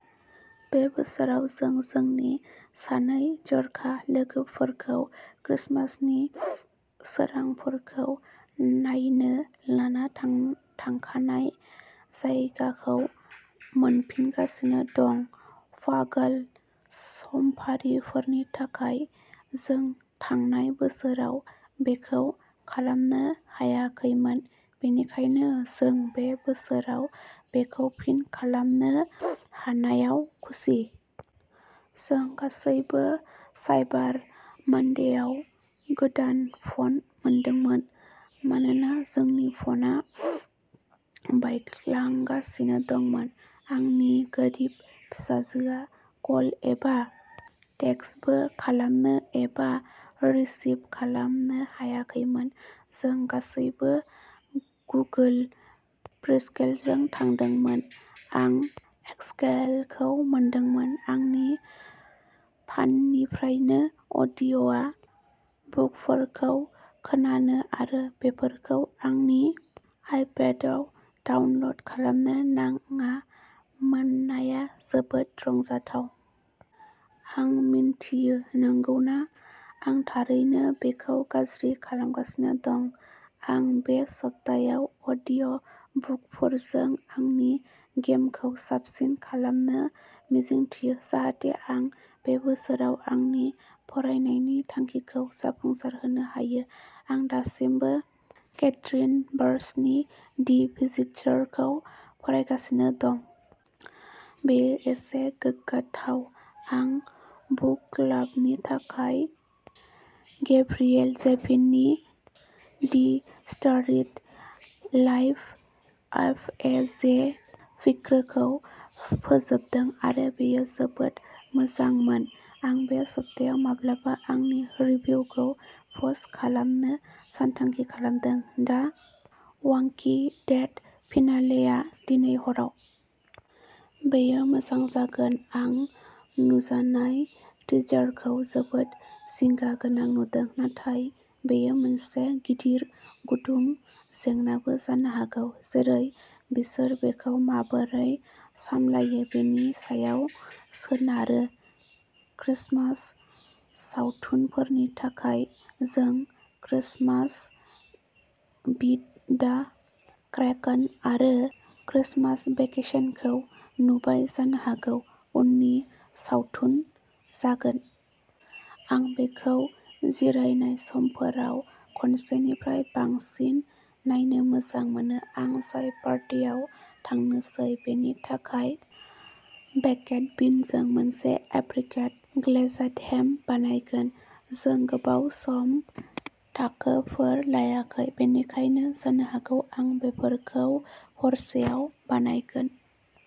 बे बोसोराव, जों जोंनि सानै जर'खा लोगोफोरखौ क्रिसमासनि सोरांफोरखौ नायनो लाना थांखांनाय जायगाखौ मोनफिनगासिनो दं। पागल समफारिफोरनि थाखाय, जों थांनाय बोसोराव बेखौ खालामनो हायाखैमोन, बेनिखायनो जों बे बोसोराव बेखौ फिन खालामनो हानायाव खुसि। जों गासैबो साइबार मंडेआव गोदान फन मोनदोंमोन मानोना जोंनि फनआ बायग्लांगासिनो दंमोन। आंनि गोरिब फिसाजोआ कल एबा टेक्सटबो खालामनो एबा रिसीव खालामनो हायाखैमोन। जों गासैबो गुगोल पिक्सेलजों थांदोंमोन। आं एक्सएलखौ मोनदोंमोन। आंनि फननिफ्रायनो अडिअ'बुकफोरखौ खोनानो आरो बेफोरखौ आंनि आइपडआव डाउनल'ड खालामनो नाङा मोननाया जोबोद रंजाथाव। आं मिथियो, नंगौना? आं थारैनो बेखौ गाज्रि खालामगासिनो दंमोन। आं बे सप्तायाव अडिअ'बुकफोरजों आंनि गेमखौ साबसिन खालामनो मिजिंथियो जाहाथे आं बे बोसोराव आंनि फरायनायनि थांखिखौ जाफुंसारहोनो हायो। आं दासिमबो केथरीन बार्न्सनि दि भिजिटर्सखौ फरायगासिनो दं। बेयो एसे गोमोथाव। आं बुक क्लाबनि थाखाय गेब्रिएल जेभिननि the storied life of A. J. फिक्रीखौ फोजोबदों आरो बेयो जोबोद मोजांमोन। आं बे सप्तायाव माब्लाबा आंनि रिभिउखौ पस्ट खालामनो सानथांखि खालामदों। दा वाकिं डेड फिनालेआ दिनै हराव। बेयो मोजां जागोन। आं नुजानाय टिजारखौ जोबोद जिंगा गोनां नुदोंमोन, नाथाय बेयो मोनसे गिदिर गुदुं जेंनाबो जानो हागौ, जेरै बिसोर बेखौ माबोरै सामलायो बेनि सायाव सोनारो। क्रिसमास सावथुनफोरनि थाखाय जों क्रिसमास विद दा क्रेन्कस आरो क्रिसमास वेकेसनखौ नुबाय, जानो हागौ उननि सावथुन जागोन। आं बेखौ जिरायनाय सानफोराव खनसेनिफ्राय बांसिन नायनो मोजां मोनो। आं जाय पार्टियाव थांनोसै बेनि थाखाय बेकड बिनजों मोनसे एप्रिकट ग्लेजड हेम बानायगोन। जों गोबाव सम टाकोफोर लायाखै, बेनिखायनो जानो हागौ आं बैफोरखौ हरसेआव बानायगोन।